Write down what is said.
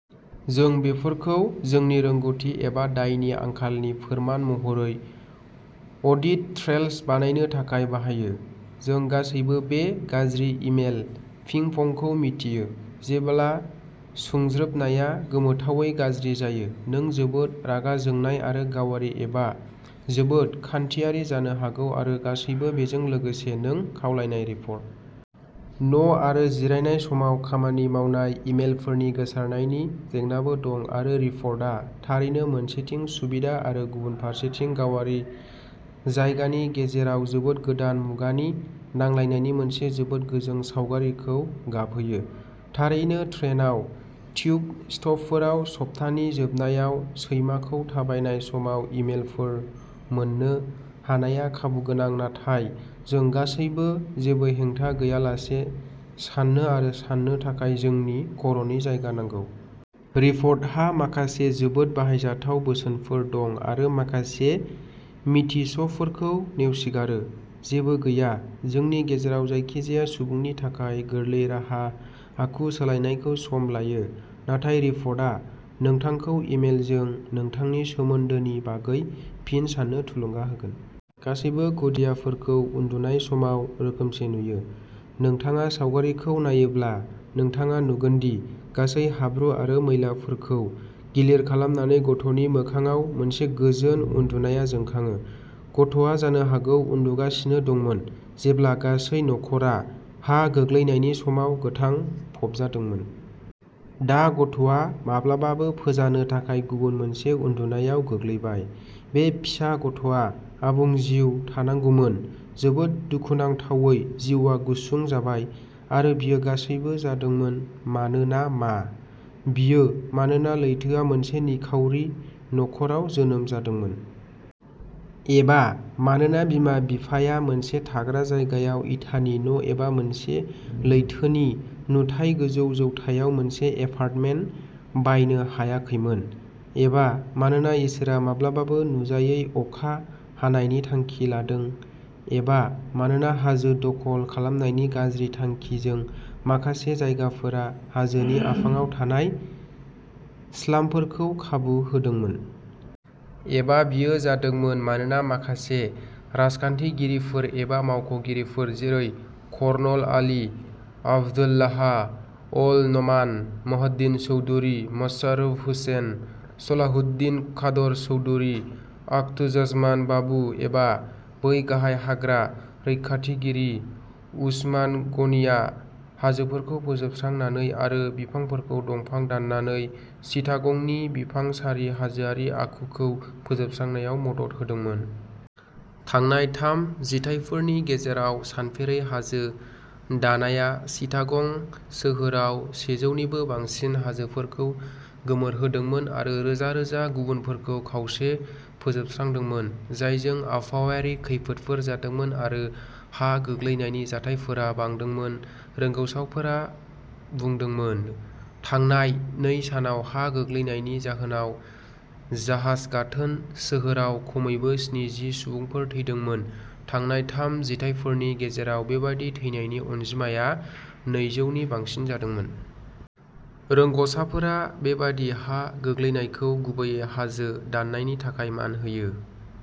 जों बेफोरखौ जोंनि रोंग'थि एबा दायनि आंखालनि फोरमान महरै अडिट ट्रेल्स बानायनो थाखाय बाहायो। जों गासैबो बे गाज्रि इमेल'पिं पंखौ मिथियो जेब्ला सुंज्रोबनाया गोमोथावै गाज्रि जायो नों जोबोद रागा जोंनाय आरो गावारि एबा जोबोद खान्थियारि जानो हागौ आरो गासैबो बेजों लोगोसे नों खावलायनाय रिपर्ट। न' आरो जिरायनाय समाव खामानि मावनाय इमेलफोरनि गोसारनायनि जेंनाबो दं आरो रिपर्टआ थारैनो मोनसेथिं सुबिदा आरो गुबुन फारसेथिं गावारि जायगानि गेजेराव जोबोद गोदान मुगानि नांलायनायनि मोनसे जोबोद गोजों सावगारिखौ गाबहोयो। थारैनो ट्रेनआव ट्युब स्टपफोराव सप्तानि जोबनायाव सैमाखौ थाबायनाय समाव इमेलफोर मोन्नो हानायआ खाबुगोनां नाथाय जों गासैबो जेबो हेंथा गैयालासे साननो आरो साननो थाखाय जोंनि खर'नि जायगा नांगौ। रिपर्टहा माखासे जोबोद बाहायजाथाव बोसोनफोर दं आरो माखासे मिथिसफोरखौ नेवसिगारो। जेबो गैया। जोंनि गेजेराव जायखिजाया सुबुंनि थाखाय गोरलै राहा आखु सोलायनायखौ सम लायो नाथाय रिपर्टआ नोंथांखौ इमेलजों नोंथांनि सोमोन्दोनि बागै फिन साननो थुलुंगा होगोन। गासैबो खुदियाफोरखौ उन्दुनाय समाव रोखोमसे नुयो। नोंथाङा सावगारिखौ नायोब्ला नोंथाङा नुगोनदि गासै हाब्रु आरो मैलाफोरखौ गिलिर खालामनानै गथ'नि मोखांआव मोनसे गोजोन उन्दुनाया जोंखाङो। गथ'आ जानो हागौ उन्दुगासिनो दंमोन जेब्ला गासै नख'रा हा गोग्लैनायनि समाव गोथां फबजादोंमोन। दा गथ'आ माब्लाबाबो फोजानो थाखाय गुबुन मोनसे उन्दुनायाव गोग्लैबाय। बे फिसा गथ'आ आबुं जिउ थांनांगौमोन। जोबोद दुखुनांथावै जिउआ गुसुं जाबाय। आरो बेयो गासैबो जादोंमोन मानोना मा? बेयो मानोना लैथोआ मोनसे निखावरि नख'राव जोनोम जादोंमोन? एबा मानोना बिमा-बिफाया मोनसे थाग्रा जायगायाव इटानि न' एबा मोनसे लैथोनि नुथाय गोजौ जौथायाव मोनसे एपार्टमेन्ट बायनो हायाखैमोन? एबा मानोना इसोरआ माब्लाबाबो नुजायै अखा हानायनि थांखि लादों? एबा मानोना हाजो दखल खालामनायनि गाज्रि थांखिजों माखासे जायगाफोरा हाजोनि आफाङाव थानाय स्लामफोरखौ खाबु होदोंमोन? एबा बेयो जादोंमोन मानोना माखासे राजखान्थिगिरिफोर एबा मावख'गिरिफोर जेरै कर्नल अलि, आब्दुल्लाह अल न'मान, मह'दीन चौधुरी, मुशर्रफ हुसैन, सलाहुद्दीन कादर चौधरी, आख्तुज्जमान बाबू एबा बै गाहाय हाग्रा रैखाथिगिरि उस्मान गनीआ हाजोफोरखौ फोजोबस्रांनानै आरो बिफांफोरखौ दंफां दाननानै चिटागंनि बिफां सारि हाजोआरि आखुखौ फोजोबस्रांनायाव मदद होदोंमोन? थांनाय थाम जिथाइफोरनि गेजेराव सानफेरै हाजो दानाया चिटागं सोहोराव सेजौनिबो बांसिन हाजोफोरखौ गोमोरहोदोंमोन आरो रोजा रोजा गुबुनफोरखौ खावसे फोजोबस्रांदोंमोन जायजों आबहावायारि खैफोदफोर जादोंमोन आरो हा गोग्लैनायनि जाथायफोरा बांदोंमोन रोंग'साफोरा बुंदोंमोन। थांनाय नै सानाव हा गोग्लैनायनि जाहोनाव जाहाज गाथोन सोहोराव खमैबो स्निजि सुबुंफोर थैदोंमोन थांनाय थाम जिथाइफोरनि गेजेराव बेबादि थैनायनि अनजिमाया नैजौनि बांसिन जादोंमोन। रोंग'साफोरा बेबादि हा गोग्लैनायखौ गुबैयै हाजो दाननायनि थाखाय मान होयो।